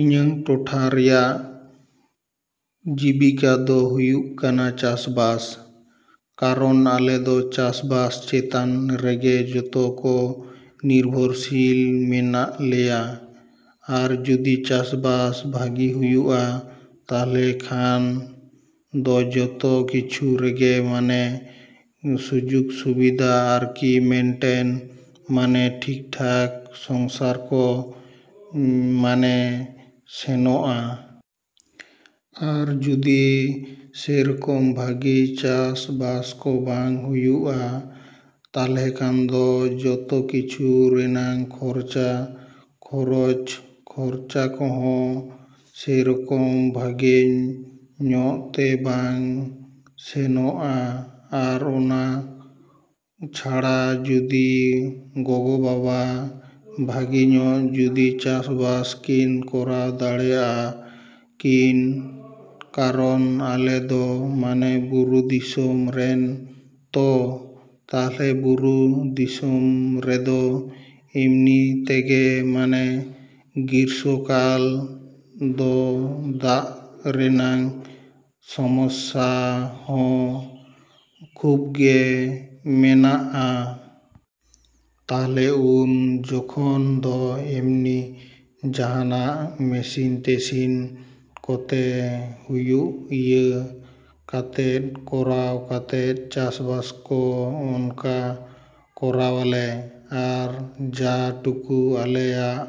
ᱤᱧᱟᱹᱜ ᱴᱚᱴᱷᱟ ᱨᱮᱭᱟᱜ ᱡᱤᱵᱤᱠᱟ ᱫᱚ ᱦᱩᱭᱩᱜ ᱠᱟᱱᱟ ᱪᱟᱥᱼᱵᱟᱥ᱾ ᱠᱟᱨᱚᱱ ᱟᱞᱮ ᱫᱚ ᱪᱟᱥᱼᱵᱟᱥ ᱪᱮᱛᱟᱱ ᱨᱮᱜᱮ ᱡᱚᱛᱚ ᱠᱚ ᱱᱤᱨᱵᱷᱚᱨᱥᱤᱞ ᱢᱮᱱᱟᱜ ᱞᱮᱭᱟ᱾ ᱟᱨ ᱡᱩᱫᱤ ᱪᱟᱥᱼᱵᱟᱥ ᱵᱷᱟᱜᱮ ᱦᱩᱭᱩᱜᱼᱟ ᱛᱟᱦᱚᱞᱮ ᱠᱷᱟᱱ, ᱫᱚ ᱡᱚᱛᱚ ᱠᱤᱪᱷᱩ ᱨᱮᱜᱮ ᱢᱟᱱᱮ ᱥᱩᱡᱳᱜᱽ ᱥᱩᱵᱤᱫᱟ ᱟᱨᱠᱤ ᱢᱮᱱᱴᱮᱱ ᱢᱟᱱᱮ ᱴᱷᱤᱠᱼᱴᱷᱟᱠ ᱥᱚᱝᱥᱟᱨ ᱠᱚ ᱢᱟᱱᱮ ᱥᱮᱱᱚᱜᱼᱟ᱾ ᱟᱨ ᱡᱩᱫᱤ ᱥᱮᱨᱚᱠᱚᱢ ᱵᱷᱟᱜᱤ ᱪᱟᱥᱼᱵᱟᱥ ᱠᱚ ᱵᱟᱝ ᱦᱩᱭᱩᱜᱼᱟ, ᱛᱟᱦᱚᱞᱮᱠᱷᱟᱱ ᱫᱚ ᱡᱚᱛᱚ ᱠᱤᱪᱷᱩ ᱨᱮᱱᱟᱜ ᱠᱷᱚᱨᱪᱟ, ᱠᱷᱚᱨᱚᱪ ᱠᱷᱚᱨᱪᱟ ᱠᱚᱦᱚᱸ ᱥᱮᱨᱚᱠᱚᱢ ᱵᱷᱟᱜᱮ ᱧᱚᱜ ᱛᱮ ᱵᱟᱝ ᱥᱮᱱᱚᱜᱼᱟ᱾ ᱟᱨ ᱚᱱᱟ ᱪᱷᱟᱲᱟ ᱡᱩᱫᱤ ᱜᱚᱜᱚᱼᱵᱟᱵᱟ ᱵᱷᱟᱜᱮ ᱧᱚᱜ ᱡᱩᱫᱤ ᱪᱟᱥᱼᱵᱟᱥ ᱠᱤᱱ ᱠᱚᱨᱟᱣ ᱫᱟᱲᱮᱭᱟᱜᱼᱟ ᱠᱤᱱ, ᱠᱟᱨᱚᱱ ᱟᱞᱮ ᱫᱚ ᱢᱟᱱᱮ ᱵᱩᱨᱩ ᱫᱤᱥᱚᱢ ᱨᱮᱱ ᱛᱚ, ᱛᱟᱦᱚᱞᱮ ᱵᱩᱨᱩ ᱫᱤᱥᱚᱢ ᱨᱮᱫᱚ ᱮᱢᱱᱤ ᱛᱮᱜᱮ ᱢᱟᱱᱮ ᱜᱨᱤᱥᱥᱚ ᱠᱟᱞ ᱫᱚ ᱫᱟᱜ ᱨᱮᱱᱟᱜ ᱥᱚᱢᱟᱥᱥᱟ ᱦᱚᱸ ᱠᱷᱩᱵᱽ ᱜᱮ ᱢᱮᱱᱟᱜᱼᱟ᱾ ᱛᱟᱦᱚᱞᱮ ᱩᱱ ᱡᱚᱠᱷᱚᱱ ᱫᱚ ᱮᱢᱱᱤ ᱡᱟᱦᱟᱱᱟᱜ ᱢᱮᱥᱤᱱ ᱴᱮᱥᱤᱱ ᱠᱚᱛᱮ ᱦᱳᱭᱛᱳ ᱤᱭᱟᱹ ᱠᱟᱛᱮ ᱠᱚᱨᱟᱣ ᱠᱟᱛᱮ ᱪᱟᱥᱼᱵᱟᱥ ᱠᱚ ᱚᱱᱠᱟ ᱠᱚᱨᱟᱣᱟᱞᱮ᱾ ᱟᱨ ᱡᱟ ᱴᱩᱠᱩ ᱟᱞᱮᱭᱟᱜ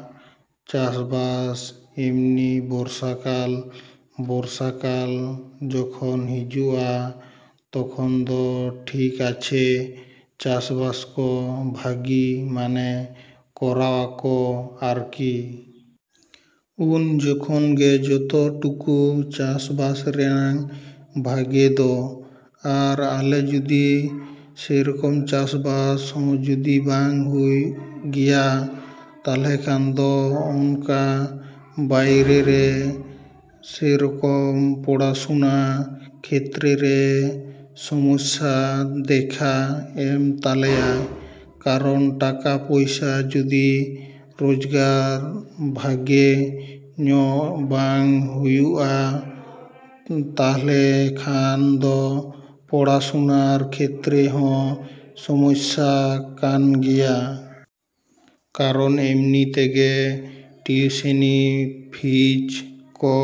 ᱪᱟᱥᱼᱵᱟᱥ ᱮᱢᱱᱤ ᱵᱚᱨᱥᱟ ᱠᱟᱞ, ᱵᱚᱨᱥᱟ ᱠᱟᱞ ᱡᱚᱠᱷᱚᱱ ᱦᱤᱡᱩᱜᱼᱟ, ᱛᱠᱷᱚᱱ ᱫᱚ ᱴᱷᱤᱠ ᱟᱪᱷᱮ ᱪᱟᱥᱵᱟᱥ ᱠᱚ ᱵᱷᱟᱜᱤ ᱢᱟᱱᱮ ᱠᱚᱨᱟᱣᱟᱠᱚ ᱟᱨᱠᱤ᱾ ᱩᱱ ᱡᱚᱠᱷᱚᱱ ᱜᱮ ᱡᱚᱛᱚ ᱴᱩᱠᱩ ᱪᱟᱥᱼᱵᱟᱥ ᱨᱮᱱᱟᱜ ᱵᱷᱟᱜᱮ ᱫᱚ᱾ ᱟᱨ ᱟᱞᱮ ᱡᱩᱫᱤ ᱥᱮᱨᱚᱠᱚᱢ ᱪᱟᱥᱼᱵᱟᱥ ᱦᱚᱸ ᱡᱩᱫᱤ ᱵᱟᱝ ᱦᱩᱭᱩᱜ ᱜᱮᱭᱟ, ᱛᱟᱦᱚᱞᱮᱠᱷᱟᱱ ᱫᱚ ᱚᱱᱠᱟ ᱵᱟᱭᱨᱮ ᱨᱮ ᱥᱮᱨᱚᱠᱚᱢ ᱯᱚᱲᱟᱥᱩᱱᱟ ᱠᱷᱮᱛᱛᱨᱮ ᱨᱮ ᱥᱚᱢᱚᱥᱥᱟ ᱫᱮᱠᱷᱟ ᱮᱢ ᱛᱟᱞᱮᱭᱟᱭ᱾ ᱠᱟᱨᱚᱱ ᱴᱟᱠᱟ, ᱯᱚᱭᱥᱟ ᱡᱩᱫᱤ ᱨᱳᱡᱜᱟᱨ ᱵᱷᱟᱜᱮ ᱧᱚᱜ ᱵᱟᱝ ᱦᱩᱭᱩᱜᱼᱟ ᱛᱟᱦᱚᱞᱮ ᱠᱷᱟᱱ ᱫᱚ ᱯᱚᱲᱟᱥᱩᱱᱟᱨ ᱠᱷᱮᱛᱨᱮ ᱦᱚᱸ ᱥᱚᱢᱚᱥᱥᱟ ᱠᱟᱱ ᱜᱮᱭᱟ᱾ ᱠᱟᱨᱚᱱ ᱮᱢᱱᱤ ᱛᱮᱜᱮ ᱴᱤᱭᱩᱥᱮᱱ ᱯᱷᱤᱡᱽ ᱠᱚ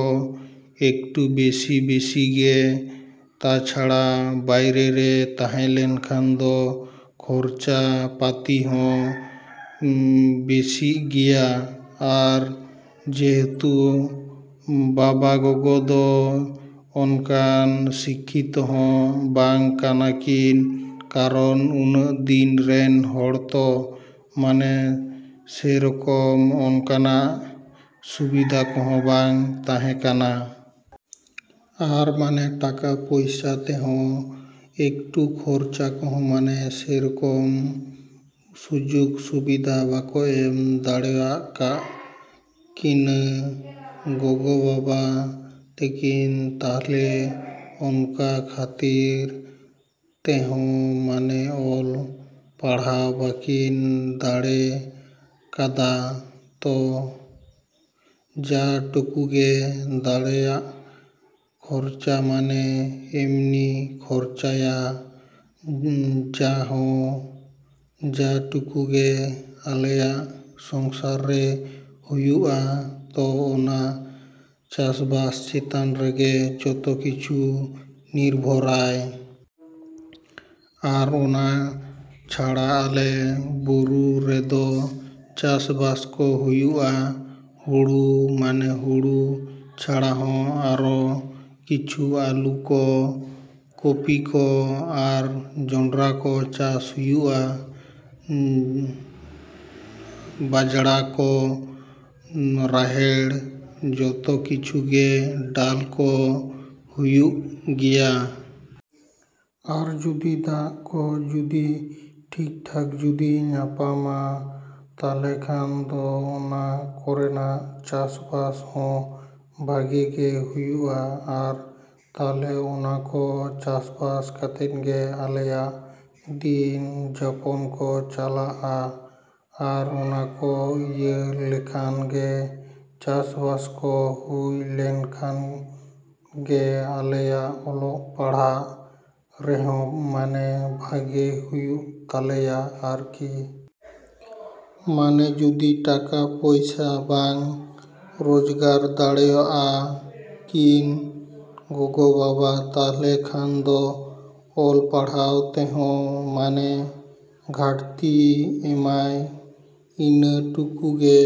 ᱮᱠᱴᱩ ᱵᱮᱥᱤ ᱵᱮᱥᱤ ᱜᱮ ᱛᱟᱪᱷᱟᱲᱟ ᱵᱟᱭᱨᱮ ᱨᱮ ᱛᱟᱦᱮᱞᱮᱱ ᱠᱷᱟᱱ ᱫᱚ ᱠᱷᱚᱨᱪᱟ ᱯᱟᱛᱤ ᱦᱚᱸ ᱵᱮᱥᱤᱜ ᱜᱮᱭᱟ᱾ ᱟᱨ ᱡᱮᱦᱮᱛᱩ ᱵᱟᱵᱟᱼᱜᱚᱜᱚ ᱫᱚ ᱚᱱᱠᱟᱱ ᱥᱤᱠᱠᱷᱤᱛᱚ ᱦᱚᱸ ᱵᱟᱝ ᱠᱟᱱᱟ ᱠᱤᱱ ᱠᱟᱨᱚᱱ ᱩᱱᱟᱹᱜ ᱫᱤᱱ ᱨᱮᱱ ᱦᱚᱲ ᱛᱚ ᱢᱟᱱᱮ ᱥᱮᱨᱚᱠᱚᱢ ᱚᱱᱠᱟᱱᱟᱜ ᱥᱩᱵᱤᱫᱟ ᱠᱚᱦᱚᱸ ᱵᱟᱝ ᱛᱟᱦᱮᱠᱟᱱᱟ᱾ ᱟᱨ ᱢᱟᱱᱮ ᱴᱟᱠᱟ ᱯᱚᱭᱥᱟ ᱛᱮᱦᱚᱸ ᱮᱠᱴᱩ ᱠᱷᱚᱨᱪᱟ ᱠᱚ ᱢᱟᱱᱮ ᱥᱮᱨᱚᱠᱚᱢ ᱥᱩᱡᱳᱜᱽ ᱥᱩᱵᱤᱫᱟ ᱵᱟᱠᱚ ᱮᱢ ᱫᱟᱲᱮᱭᱟᱠᱟᱜ ᱠᱤᱱᱟᱹ ᱜᱚᱜᱚᱼᱵᱟᱵᱟ ᱛᱟᱹᱠᱤᱱ ᱛᱟᱦᱚᱞᱮ ᱚᱱᱟ ᱠᱷᱟᱹᱛᱤᱨ ᱛᱮᱦᱚᱸ ᱢᱟᱱᱮ ᱚᱞ, ᱯᱟᱲᱦᱟᱣ ᱵᱟᱠᱤᱱ ᱫᱟᱲᱮᱭ ᱠᱟᱫᱟ᱾ ᱛᱚ, ᱡᱟ ᱴᱩᱠᱩᱜᱮ ᱟᱞᱮᱭᱟᱜ ᱠᱷᱚᱨᱪᱟ ᱢᱟᱱᱮ ᱮᱢᱱᱤ ᱠᱷᱚᱨᱪᱟᱭᱟ ᱡᱟᱦᱚᱸ, ᱡᱟ ᱴᱩᱠᱩ ᱜᱮ ᱟᱞᱮᱭᱟᱜ ᱥᱚᱝᱥᱟᱨ ᱨᱮ ᱦᱩᱭᱩᱜᱼᱟ, ᱛᱚ ᱚᱱᱟ ᱪᱟᱥᱵᱟᱥ ᱪᱮᱛᱟᱱ ᱨᱮᱜᱮ ᱡᱚᱛᱚ ᱠᱤᱪᱷᱩ ᱱᱤᱨᱵᱷᱚᱨᱟᱭ᱾ ᱟᱨ ᱚᱱᱟ ᱪᱷᱟᱲᱟ ᱟᱞᱮ ᱵᱩᱨᱩ ᱨᱮᱫᱚ ᱪᱟᱥᱼᱵᱟᱥ ᱠᱚ ᱦᱩᱭᱩᱜᱼᱟ ᱦᱳᱲᱳ, ᱢᱟᱱᱮ ᱦᱳᱲᱳ ᱪᱷᱟᱲᱟ ᱦᱚᱸ ᱟᱨᱚ ᱠᱤᱪᱷᱩ ᱟᱹᱞᱩ ᱠᱚ, ᱠᱚᱯᱤ ᱠᱚ, ᱟᱨ ᱡᱚᱱᱰᱨᱟ ᱠᱚ ᱪᱟᱥ ᱦᱩᱭᱩᱜᱼᱟ, ᱵᱟᱡᱽᱲᱟ ᱠᱚ, ᱨᱟᱦᱮᱲ, ᱡᱚᱛᱚ ᱠᱤᱪᱷᱩ ᱜᱮ ᱰᱟᱞ ᱠᱚ ᱦᱩᱭᱩᱜ ᱜᱮᱭᱟ᱾ ᱟᱨ ᱡᱩᱫᱤ ᱫᱟᱜ ᱠᱚ ᱡᱩᱫᱤ ᱴᱷᱤᱠᱼᱴᱷᱟᱠ ᱡᱩᱫᱤ ᱧᱟᱯᱟᱢᱟ, ᱛᱟᱦᱚᱞᱮ ᱠᱷᱟᱱ ᱫᱚ ᱚᱱᱟ ᱠᱚᱨᱮᱱᱟᱜ ᱪᱟᱥᱼᱵᱟᱥ ᱦᱚᱸ ᱵᱷᱟᱜᱮ ᱜᱮ ᱦᱩᱭᱩᱜᱼᱟ᱾ ᱟᱨ ᱛᱟᱦᱚᱞᱮ ᱚᱱᱟ ᱠᱚ ᱪᱟᱥᱵᱟᱥ ᱠᱟᱛᱮ ᱜᱮ ᱟᱞᱮᱭᱟᱜ ᱫᱤᱱ ᱡᱟᱯᱚᱱ ᱠᱚ ᱪᱟᱞᱟᱜᱼᱟ᱾ ᱟᱨ ᱚᱱᱟ ᱠᱚ ᱤᱭᱟᱹ ᱞᱮᱱᱠᱷᱟᱱ ᱜᱮ, ᱪᱟᱥᱼᱵᱟᱥ ᱠᱚ ᱦᱩᱭ ᱞᱮᱱᱠᱷᱟᱱ ᱜᱮ ᱟᱞᱮᱭᱟᱜ ᱚᱞᱚᱜ ᱯᱟᱲᱦᱟᱜ ᱨᱮᱦᱚᱸ ᱢᱟᱱᱮ ᱵᱷᱟᱮ ᱦᱩᱭᱩᱜ ᱛᱟᱞᱮᱭᱟ ᱟᱨᱠᱤ᱾ ᱢᱟᱱᱮ ᱡᱩᱫᱤ ᱴᱟᱠᱟ, ᱯᱚᱭᱥᱟ ᱵᱟᱝ ᱨᱳᱡᱽᱜᱟᱨ ᱫᱟᱲᱮᱭᱟᱜᱼᱟ ᱠᱤᱱ ᱜᱚᱜᱚᱼᱵᱟᱵᱟ ᱛᱟᱦᱚᱞᱮ ᱠᱷᱟᱱ ᱫᱚ ᱚᱞ ᱯᱟᱲᱦᱟᱣ ᱛᱮᱦᱚᱸ ᱢᱟᱱᱮ ᱜᱷᱟᱹᱴᱛᱤ ᱮᱢᱟᱭ᱾ ᱤᱱᱟᱹ ᱴᱩᱠᱩ ᱜᱮ᱾